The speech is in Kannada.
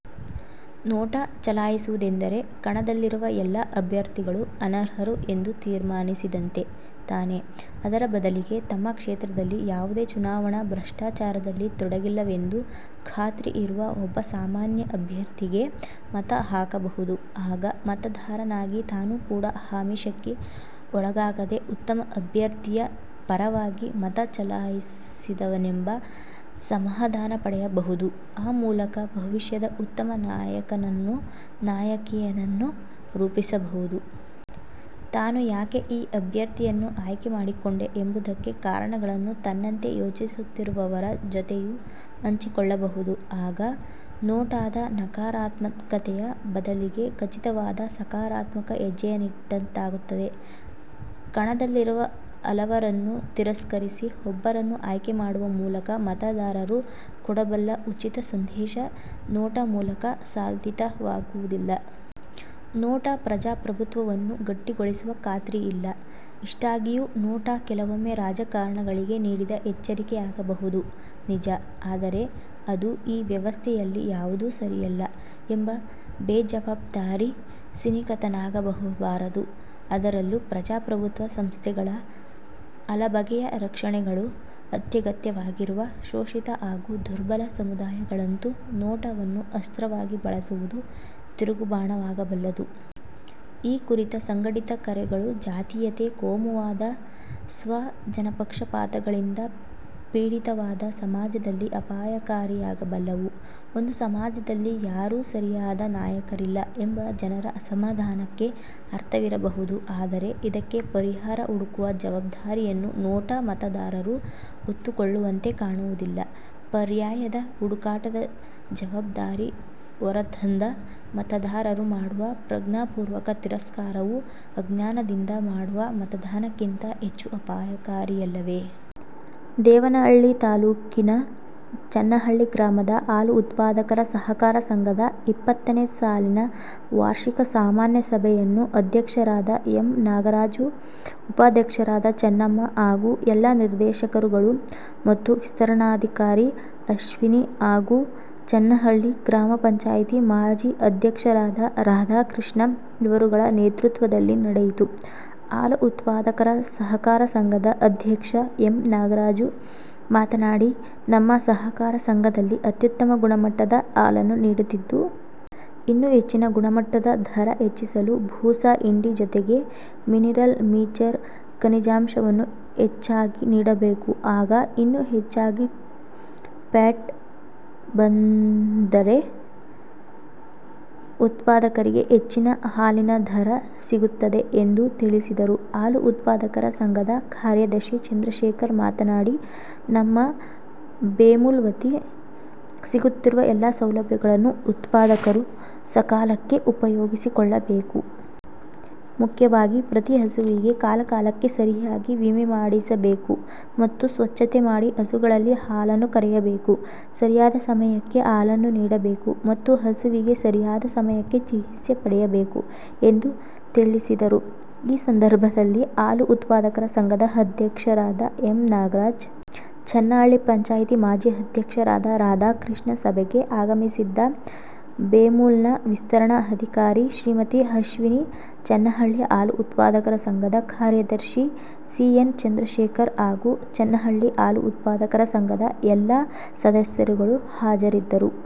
'ನೋಟಾ' ಚಲಾಯಿಸುವುದೆಂದರೆ, ಕಣದಲ್ಲಿರುವ ಎಲ್ಲ ಅಭ್ಯರ್ಥಿಗಳೂ ಅನರ್ಹರು ಎಂದು ತೀರ್ಮಾನಿಸಿದಂತೆ ತಾನೆ? ಅದರ ಬದಲಿಗೆ, ತಮ್ಮ ಕ್ಷೇತ್ರದಲ್ಲಿ ಯಾವುದೇ ಚುನಾವಣಾ ಭ್ರಷ್ಟಾಚಾರದಲ್ಲಿ ತೊಡಗಿಲ್ಲವೆಂದು ಖಾತ್ರಿಯಿರುವ ಒಬ್ಬ ಸಾಮಾನ್ಯ ಅಭ್ಯರ್ಥಿಗೇ ಮತ ಹಾಕಬಹುದು. ಆಗ ಮತದಾರನಾಗಿ ತಾನು ಕೂಡ ಆಮಿಷಕ್ಕೆ ಒಳಗಾಗದೆ ಉತ್ತಮ ಅಭ್ಯರ್ಥಿಯ ಪರವಾಗಿ ಮತ ಚಲಾಯಿಸಿದೆನೆಂಬ ಸಮಾಧಾನಪಡೆಯಬಹುದು; ಆ ಮೂಲಕ ಭವಿಷ್ಯದ ಉತ್ತಮ ನಾಯಕನನ್ನೋ, ನಾಯಕಿಯನ್ನೋ ರೂಪಿಸಬಹುದು. ತಾನು ಯಾಕೆ ಈ ಅಭ್ಯರ್ಥಿಯನ್ನು ಆಯ್ಕೆ ಮಾಡಿಕೊಂಡೆ ಎಂಬುದಕ್ಕೆ ಕಾರಣಗಳನ್ನು ತನ್ನಂತೆ ಯೋಚಿಸುತ್ತಿರುವವರ ಜೊತೆಯೂ ಹಂಚಿಕೊಳ್ಳಬಹುದು. ಆಗ 'ನೋಟಾ'ದ ನಕರಾತ್ಮಕತೆಯ ಬದಲಿಗೆ ಖಚಿತವಾದ ಸಕಾರಾತ್ಮಕ ಹೆಜ್ಜೆಯನ್ನಿಟ್ಟಂತಾಗುತ್ತದೆ. ಕಣದಲ್ಲಿರುವ ಹಲವರನ್ನು ತಿರಸ್ಕರಿಸಿ, ಒಬ್ಬರನ್ನು ಆಯ್ಕೆ ಮಾಡುವ ಮೂಲಕ ಮತದಾರರು ಕೊಡಬಲ್ಲ ಖಚಿತ ಸಂದೇಶ 'ನೋಟಾ' ಮೂಲಕ ಸಾಧಿತವಾಗುವುದಿಲ್ಲ. 'ನೋಟಾ' ಪ್ರಜಾಪ್ರಭುತ್ವವನ್ನು ಗಟ್ಟಿಗೊಳಿಸುವ ಖಾತ್ರಿಯಿಲ್ಲ. ಇಷ್ಟಾಗಿಯೂ, 'ನೋಟಾ' ಕೆಲವೊಮ್ಮೆ ರಾಜಕಾರಣಿಗಳಿಗೆ ನೀಡಿದ ಎಚ್ಚರಿಕೆಯಾಗಬಹುದು, ನಿಜ. ಆದರೆ ಅದು 'ಈ ವ್ಯವಸ್ಥೆಯಲ್ಲಿ ಯಾವುದೂ ಸರಿಯಲ್ಲ' ಎಂಬ ಬೇಜವಾಬ್ದಾರಿ ಸಿನಿಕತನವಾಗಬಾರದು. ಅದರಲ್ಲೂ, ಪ್ರಜಾಪ್ರಭುತ್ವದ ಸಂಸ್ಥೆಗಳ ಹಲಬಗೆಯ ರಕ್ಷಣೆಗಳು ಅತ್ಯಗತ್ಯವಾಗಿರುವ ಶೋಷಿತ ಹಾಗೂ ದುರ್ಬಲ ಸಮುದಾಯಗಳಂತೂ 'ನೋಟಾ'ವನ್ನು ಅಸ್ತ್ರವಾಗಿ ಬಳಸುವುದು ತಿರುಗುಬಾಣವಾಗಬಲ್ಲದು. ಈ ಕುರಿತ ಸಂಘಟಿತ ಕರೆಗಳು ಜಾತೀಯತೆ, ಕೋಮುವಾದ, ಸ್ವಜನಪಕ್ಷಪಾತಗಳಿಂದ ಪೀಡಿತವಾದ ಸಮಾಜದಲ್ಲಿ ಅಪಾಯಕಾರಿಯಾಗಬಲ್ಲವು. ಒಂದು ಸಮಾಜದಲ್ಲಿ ಯಾರೂ ಸರಿಯಾದ ನಾಯಕರಿಲ್ಲ ಎಂಬ ಜನರ ಅಸಮಾಧಾನಕ್ಕೆ ಅರ್ಥವಿರಬಹುದು. ಆದರೆ ಇದಕ್ಕೆ ಪರಿಹಾರ ಹುಡುಕುವ ಜವಾಬ್ದಾರಿಯನ್ನು 'ನೋಟಾ' ಮತದಾರರು ಹೊತ್ತುಕೊಳ್ಳುವಂತೆ ಕಾಣುವುದಿಲ್ಲ. ಪರ್ಯಾಯದ ಹುಡುಕಾಟದ ಜವಾಬ್ದಾರಿ ಹೊರದಂಥ ಮತದಾರರು ಮಾಡುವ ಪ್ರಜ್ಞಾಪೂರ್ವಕ ತಿರಸ್ಕಾರವು ಅಜ್ಞಾನದಿಂದ ಮಾಡುವ ಮತದಾನಕ್ಕಿಂತ ಹೆಚ್ಚು ಅಪಾಯಕಾರಿಯಲ್ಲವೇ? ದೇವನಹಳ್ಳಿ ತಾಲ್ಲೂಕಿನ ಚನ್ನಹಳ್ಳಿ ಗ್ರಾಮದ ಹಾಲು ಉತ್ಪಾದಕರ ಸಹಕಾರ ಸಂಘದ ಇಪ್ಪತ್ತನೇ ಸಾಲಿನ ವಾರ್ಷಿಕ ಸಾಮಾನ್ಯ ಸಭೆಯನ್ನು ಅಧ್ಯಕ್ಷರಾದ ಎಮ್ ನಾಗರಾಜ್. ಉಪಾಧ್ಯಕ್ಷರಾದ ಚನ್ನಮ್ಮ. ಹಾಗು ಎಲ್ಲ ನಿರ್ದೇಶಕರುಗಳು ಮತ್ತು ವಿಸ್ತರಣಾಧಿಕಾರಿ ಅಶ್ವಿನಿ ಹಾಗು ಚನ್ನಹಳ್ಳಿ ಗ್ರಾಮಪಂಚಾಯಿತಿ ಮಾಜಿ ಅಧ್ಯಕ್ಷರಾದ ರಾಧಕೃಷ್ಣ ಇವರುಗಳ ನೇತೃತ್ವದಲ್ಲಿ ನಡೆಯಿತು ಹಾಲು ಉತ್ಪದಕರ ಸಹಕಾರ ಸಂಘದ ಅಧ್ಯಕ್ಷ ಎಮ್ ನಾಗಾರಾಜ್ ಮಾತನಾಡಿ ನಮ್ಮ ಸಹಕಾರ ಸಂಘದಲ್ಲಿ ಅತ್ಯುತಮ ಗುಣಮಟ್ಟದ ಹಾಲನ್ನು ನೀಡುತ್ತಿದ್ದು. ಇನ್ನು ಹೆಚ್ಚಿನ ಗುಣಮಟ್ಟ ಧರ ಹೆಚ್ಚಿಸಲು ಬೂಸಾ ಹಿಂಡಿ ಜೊತೆಗೆ ಮಿನಿರಲ್ ಮಿಚರ್ ಕನಿಜಾಂಶವನ್ನು ಹೆಚ್ಚಾಗಿ ನೀಡಬೇಕು ಹಾಗ ಇನ್ನು ಹೆಚ್ಚಾಗಿ ಪ್ಯಾಟ್ ಬಂದ್ದರೆ ಉತ್ಪದಕರಿಗೆ ಹೆಚ್ಚಿನ ಹಾಲಿನ ಧರ ಸಿಗುತದೆ ಎಂದು ತಿಳಿಸಿದರು ಹಾಲು ಉತ್ಪಾದಕರ ಸಂಘದ ಕಾರ್ಯದಶಿ ಚಂದ್ರಶೇಖರ್ ಮಾತನಾಡಿ ನಮ್ಮ ಬೆಮೂಲ್ ವತಿ ಸಿಗುತ್ತಿರುವ ಎಲ್ಲ ಸೌಲಭ್ಯಗಳನ್ನು ಉತ್ಪದಕರು ಸಕಾಲಕ್ಕೆ ಉಪಯೋಗಿಸಕೊಳಬೇಕು. ಮುಖ್ಯವಾಗಿ ಪ್ರತಿ ಹಸುವಿಗೆ ಕಲಾಕಾಲಕೆ ಸರಿಯಾಗಿ ವಿಮೆಮಾಡಿಸ ಬೇಕು ಮತ್ತು ಸ್ವಚ್ಛತೆ ಮಾಡಿ ಹಸುಗಳಲ್ಲಿ ಹಾಲನ್ನು ಕರೆಯಬೇಕು ಸರಿಯಾದ ಸಮಯಕೆ ಹಾಲನ್ನು ನೀಡಬೇಕು ಮತ್ತು ಹಸುವಿಗೆ ಸರಿಯಾದ ಸಮಯಕೆ ಚಿಕಿತ್ಸೆ ಪಡೆಯಬೇಕು ಎಂದು ತಿಳ್ಳಿಸಿದರು ಈ ಸಂದರ್ಭದಲ್ಲಿ ಹಾಲು ಉತ್ಪದಕರ ಸಂಘದ ಅಧ್ಯಕ್ಷರಾದ ಎಮ್ ನಾಗರಾಜ್. ಚನ್ನಹಳ್ಳಿ ಪಂಚಾಯಿತಿ ಮಾಜಿ ಅಧ್ಯಕ್ಷರಾದ ರಾಧಕೃಷ್ಣ. ಸಭೆಗೆ ಆಗಮಿಸಿದ್ದ ಬೆಮೂಲ್ ನ ವಿಸ್ತರಣ ಅಧಿಕಾರಿ ಶ್ರೀಮತಿ ಅಶ್ವಿನಿ. ಚನ್ನಹಳ್ಳಿ ಹಾಲು ಉತ್ಪದಕರ ಸಂಘದ ಕಾರ್ಯದರ್ಶಿ ಸಿ ಎನ್ ಚಂದ್ರಶೇಖರ್ ಹಾಗು ಚನ್ನಹಳ್ಳಿ ಹಾಲು ಉತ್ಪದಕರ ಸಂಘದ ಎಲ್ಲ ಸದಸ್ಯರುಗಳು ಹಾಜರಿದ್ದರು